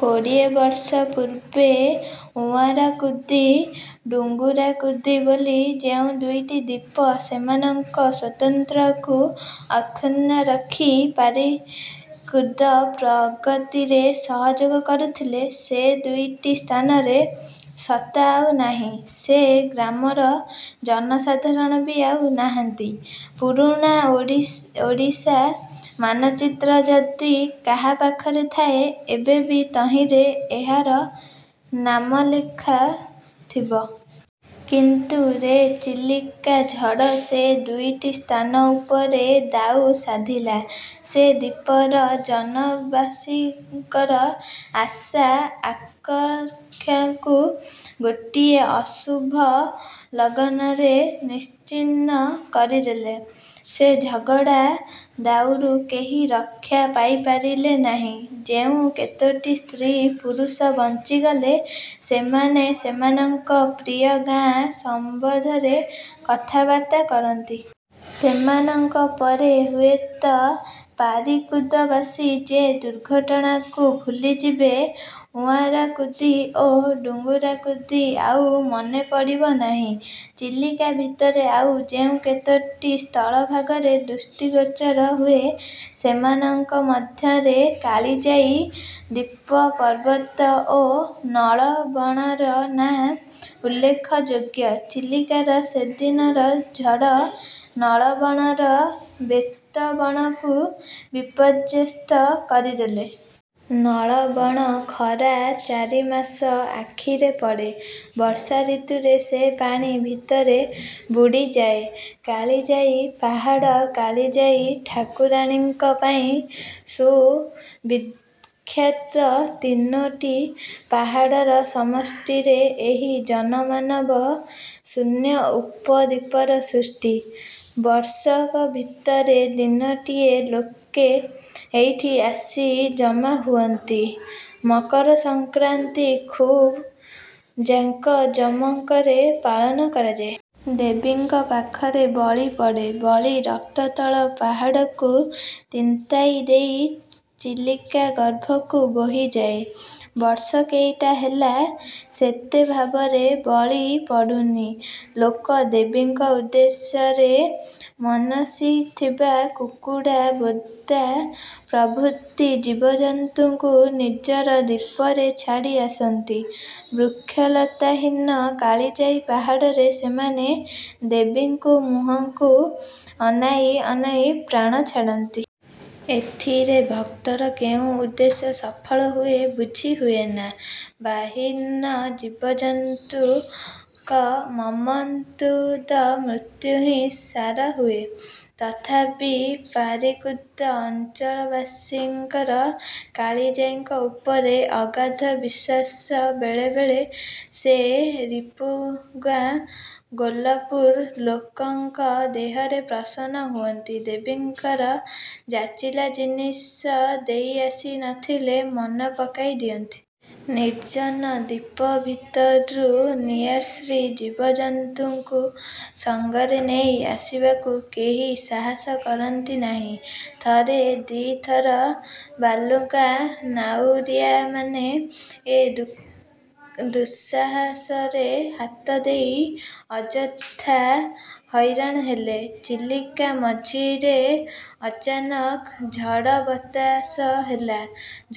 କୋଡ଼ିଏବର୍ଷ ପୂର୍ବେ ଉଆଁରାକୁଦି, ଡୁଗୁରାକୁଦି ବୋଲି ଯେଉଁ ଦୁଇଟି ଦ୍ୱୀପ ସେମାନଙ୍କ ସ୍ୱାତନ୍ତ୍ର୍ୟକୁ ଅକ୍ଷୁଣ୍ଣ ରଖି ପାରିକୁଦ ପ୍ରଗତିରେ ସହଯୋଗ କରୁଥିଲେ, ସେ ଦୁଇଟି ସ୍ଥାନର ସତ୍ତା ଆଉ ନାହିଁ। ସେ ଗ୍ରାମର ଜନସାଧାରଣ ବି ଆଉ ନାହାନ୍ତି। ପୁରୁଣା ଓଡ଼ିଶା ମାନଚିତ୍ର ଯଦି କାହା ପାଖରେ ଥାଏ, ଏବେ ବି ତହିଁରେ ଏହାର ନାମୋଲ୍ଲେଖ ଥିବ। କିନ୍ତୁ। ରେ ଚିଲିକା-ଝଡ଼ ସେ ଦୁଇଟି ସ୍ଥାନ ଉପରେ ଦାଉ ସାଧିଲା। ସେ ଦ୍ୱୀପର ଜନବାସୀଙ୍କର ଆଶା, ଆକାଙ୍କ୍ଷାକୁ ଗୋଟିଏ ଅଶୁଭ ଲଗ୍ନରେ ନିଶ୍ଚିନ୍ନ କରିଦେଲା। ସେ ଝଡ଼ର ଦାଉରୁ କେହି ରକ୍ଷା ପାଇପାରିଲେ ନାହିଁ। ଯେଉଁ କେତୋଟି ସ୍ତ୍ରୀ ପୁରୁଷ ବଞ୍ଚିଗଲେ ସେମାନେ ସେମାନଙ୍କ ପ୍ରିୟ ଗାଁ ସମ୍ବନ୍ଧରେ କଥାବାର୍ତ୍ତା କରନ୍ତି। ସେମାନଙ୍କ ପରେ ହୁଏତ ପାରିକୁଦବାସୀ ସେ ଦୁର୍ଘଟଣାକୁ ଭୁଲିଯିବେ। ଉଆଁରାକୁଦି ଓ ଡୁଗୁରାକୁଦି ଆଉ ମନେପଡ଼ିବ ନାହିଁ। ଚିଲିକା ଭିତରେ ଆଉ ଯେଉଁ କେତୋଟି ସ୍ଥଳଭାଗର ଦୃଷ୍ଟିଗୋଚର ହୁଏ ସେମାନଙ୍କ ମଧ୍ୟରେ କାଳିଜାଈ, ଦ୍ୱୀପପର୍ବତ ଓ ନଳବଣର ନାଁ ଉଲ୍ଲେଖ ଯୋଗ୍ୟ। ଚିଲିକାର ସେଦିନର ଝଡ଼ ନଳବଣର ବେତବଣକୁ ବିପର୍ଯ୍ୟସ୍ତ କରିଦେଲା। ନଳବଣ ଖରା ଚାରିମାସ ଆଖିରେ ପଡ଼େ। ବର୍ଷା ଋତୁରେ ସେ ପାଣି ଭିତରେ ବୁଡ଼ିଯାଏ। କାଳିଜାଈ-ପାହାଡ଼ କାଳିଜାଈ-ଠାକୁରାଣୀଙ୍କ ପାଇଁ ସୁ-ବିଖ୍ୟାତ। ତିନୋଟି ପାହାଡ଼ର ସମଷ୍ଟିରେ ଏହି ଜନମାନବ ଶୂନ୍ୟ ଉପ–ଦ୍ୱୀପର ସୃଷ୍ଟି। ବର୍ଷ ଭିତରେ ଦିନଟିଏ ଲୋକେ ଏଇଠି ଆସି ଜମାହୁଅନ୍ତି। ମକର ସଂକ୍ରାନ୍ତି ଖୁବ୍ ଜାକଜମକରେ ପାଳନ କରାଯାଏ। ଦେବୀଙ୍କ ପାଖରେ ବଳି ପଡ଼େ। ବଳି ରକ୍ତ ତଳ ପାହାଡ଼କୁ ତିନ୍ତାଇ ଦେଇ ଚିଲିକା ଗର୍ଭକୁ ବୋହିଯାଏ। ବର୍ଷ କେଇଟା ହେଲା ସେତେଭାବରେ ବଳି ପଡ଼ୁନି। ଲୋକେ ଦେବୀଙ୍କ ଉଦ୍ଦେଶ୍ୟରେ ମନାସିଥିବା କୁକୁଡ଼ା, ବୋଦା ପ୍ରଭୃତି ଜୀବଜନ୍ତୁଙ୍କୁ ନିର୍ଜନ ଦ୍ୱୀପରେ ଛାଡ଼ି ଆସନ୍ତି। ବୃକ୍ଷଲତାହୀନ କାଳିଜାଈ ପାହାଡ଼ରେ ସେମାନେ ଦେବୀଙ୍କ ମୁହଁକୁ ଅନାଇ ଅନାଇ ପ୍ରାଣ ଛାଡ଼ନ୍ତି। ଏଥିରେ ଭକ୍ତର କେଉଁ ଉଦ୍ଦେଶ୍ୟ ସଫଳ ହୁଏ ବୁଝି ହୁଏନା। ବାକ୍ହୀନ ଜୀବଜନ୍ତୁଙ୍କ ମର୍ମନ୍ତୁଦ ମୃତ୍ୟୁହିଁ ସାର ହୁଏ। ତଥାପି ପାରିକୁଦ ଅଞ୍ଚଳବାସୀଙ୍କର କାଳିଜାଈଙ୍କ ଉପରେ ଅଗାଧ ବିଶ୍ୱାସ। ବେଳେବେଳେ ସେ ରିପିଙ୍ଗ୍ବା ଗୋଲପୁର ଲୋକଙ୍କ ଦେହରେ ପ୍ରସନ୍ନ ହୁଅନ୍ତି। ଦେବୀଙ୍କର ଯାଚିଲା ଜିନିଷ ଦେଇ ଆସି ନଥିଲେ ମନେପକାଇ ଦିଅନ୍ତି। ନିର୍ଜନ ଦ୍ୱୀପ ଭିତରୁ ନିଆଶ୍ରୀ ଜୀବଜନ୍ତୁଙ୍କୁ ସଙ୍ଗରେ ନେଇ ଆସିବାକୁ କେହି ସାହସ କରନ୍ତି ନାହିଁ। ଥରେ ଦି'ଥର ବାଲୁଗାଁ ନାଉରିଆମାନେ ଏ ଦୁଃସାହସରେ ହାତ ଦେଇ ଅଯଥା ହଇରାଣ ହେଲେ। ଚିଲିକା ମଝିରେ ଅଚାନକ ଝଡ଼ ବତାସ ହେଲା।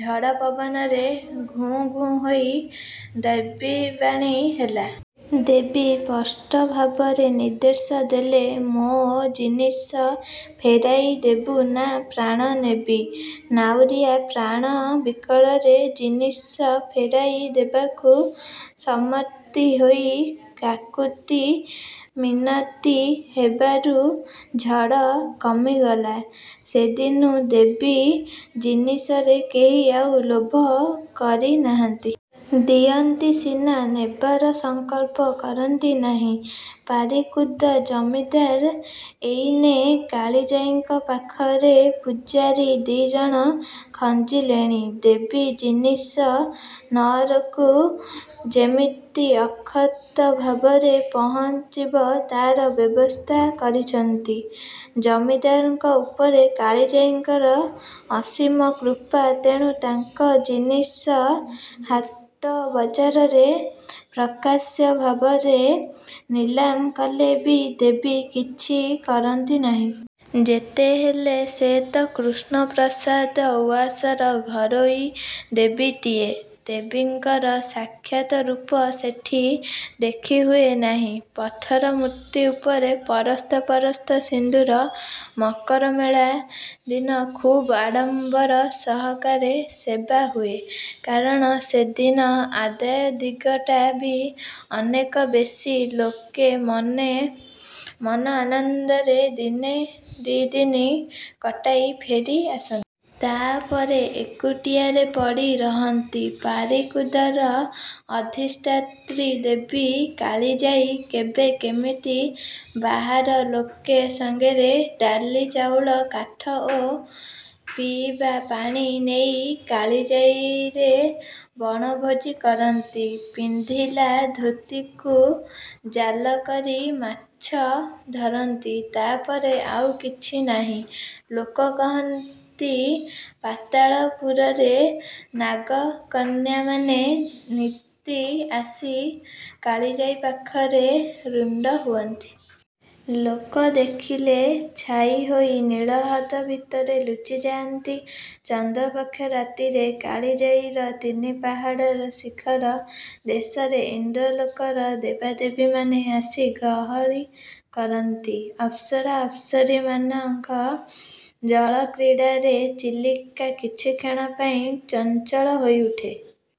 ଝଡ଼ ପବନରେ ଘୁଘୁ ହୋଇ ଦୈବୀବାଣୀ ହେଲା। ଦେବୀ ସ୍ପଷ୍ଟ ଭାବରେ ନିର୍ଦ୍ଦେଶ ଦେଲେ, 'ମୋ ଜିନିଷ ଫେରାଇ ଦେବୁ ନାଁ ପ୍ରାଣ ନେବି? ' ନାଉରିଆ ପ୍ରାଣ ବିକଳରେ ଜିନିଷ ଫେରାଇ ଦେବାକୁ ସମ୍ମତି ହୋଇ କାକୁତି ମିନତି ହେବାରୁ ଝଡ଼ କମିଗଲା। ସେଦିନୁ ଦେବୀ ଜିନିଷରେ କେହି ଆଉ ଲୋଭ କରିନାହାନ୍ତି। ଦିଅନ୍ତି ସିନା, ନେବାର ସଂକଳ୍ପ କରନ୍ତି ନାହିଁ। ପାରିକୁଦ ଜମିଦାର ଏଇନେ କାଳିଜାଈଙ୍କ ପାଖରେ ପୂଜାରୀ ଦି'ଜଣ ଖଞ୍ଜିଲେଣି। ଦେବୀ ଜିନିଷ ନଅରକୁ ଯେମିତି ଅକ୍ଷତ ଭାବରେ ପହୁଞ୍ଚିବ, ତାର ବ୍ୟବସ୍ଥା କରିଛନ୍ତି। ଜମିଦାରଙ୍କ ଉପରେ କାଳିଜାଈଙ୍କ ଅସୀମ କୃପା। ତେଣୁ ତାଙ୍କ ଜିନିଷ ହାଟବଜାରରେ ପ୍ରକାଶ୍ୟ ଭାବରେ ନିଲାମ କଲେ ବି ଦେବୀ କିଛି କରନ୍ତି ନାହିଁ। ଯେତେହେଲେ ସେତ କୃଷ୍ଣପ୍ରସାଦ ଉଆସର ଘରୋଇ ଦେବୀଟିଏ! ଦେବୀଙ୍କର ସାକ୍ଷାତ ରୂପ ସେଠି ଦେଖିହୁଏ ନାହିଁ! ପଥର ମୂର୍ତ୍ତି ଉପରେ ପରସ୍ତ ପରସ୍ତ ସିନ୍ଦୂର। ମକରମେଳା ଦିନ ଖୁବ୍ ଆଡ଼ମ୍ବର ସହକାରେ ସେବାହୁଏ। କାରଣ ସେଦିନ ଆଦାୟ ଦିଗଟା ବି ଅନେକ ବେଶୀ। ଲୋକେ ମନ ଆନନ୍ଦରେ ଦିନେ ଦି'ଦିନ କଟାଇ ଫେରି ଆସନ୍ତି। ତା'ପରେ ଏକୁଟିଆରେ ପଡ଼ି ରହନ୍ତି ପାରିକୁଦର ଅଧିଷ୍ଠାତ୍ରୀ ଦେବୀ କାଳିଜାଈ। କେବେ କେମିତି ବାହାର ଲୋକେ ସଙ୍ଗରେ ଡାଲି, ଚାଉଳ, କାଠ ଓ ପିଇବା ପାଣି ନେଇ କାଳିଜାଈରେ ବଣଭୋଜୀ କରନ୍ତି। ପିନ୍ଧିଲା ଧୋତୀକୁ ଜାଲ କରି ମାଛ ଧରନ୍ତି। ତା'ପରେ ଆଉ କିଛିନାହିଁ। ଲୋକେ କହନ୍ତି, ପାତାଳପୁରରେ ନାଗକନ୍ୟାମାନେ ନିତି ଆସି କାଳିଜାଈ ପାଖରେ ରୁଣ୍ଡ ହୁଅନ୍ତି। ଲୋକ ଦେଖିଲେ ଛାଇ ହୋଇ ନୀଳ ହ୍ରଦ ଭିତରେ ଲୁଚିଯାଆନ୍ତି। ଚନ୍ଦ୍ରପକ୍ଷ ରାତିରେ, କାଳିଜାଈର ତିନିପାହାଡ଼ର ଶିଖର ଦେଶରେ, ଇନ୍ଦ୍ରଲୋକର ଦେବାଦେବୀମାନେ ଆସି ଗହଳି କରନ୍ତି। ଅପ୍ସରା ଅପ୍ସରୀମାନଙ୍କ ଜଳକ୍ରୀଡ଼ାରେ ଚିଲିକା କିଛିକ୍ଷଣ ପାଇଁ ଚଞ୍ଚଳ ହୋଇ ଉଠେ।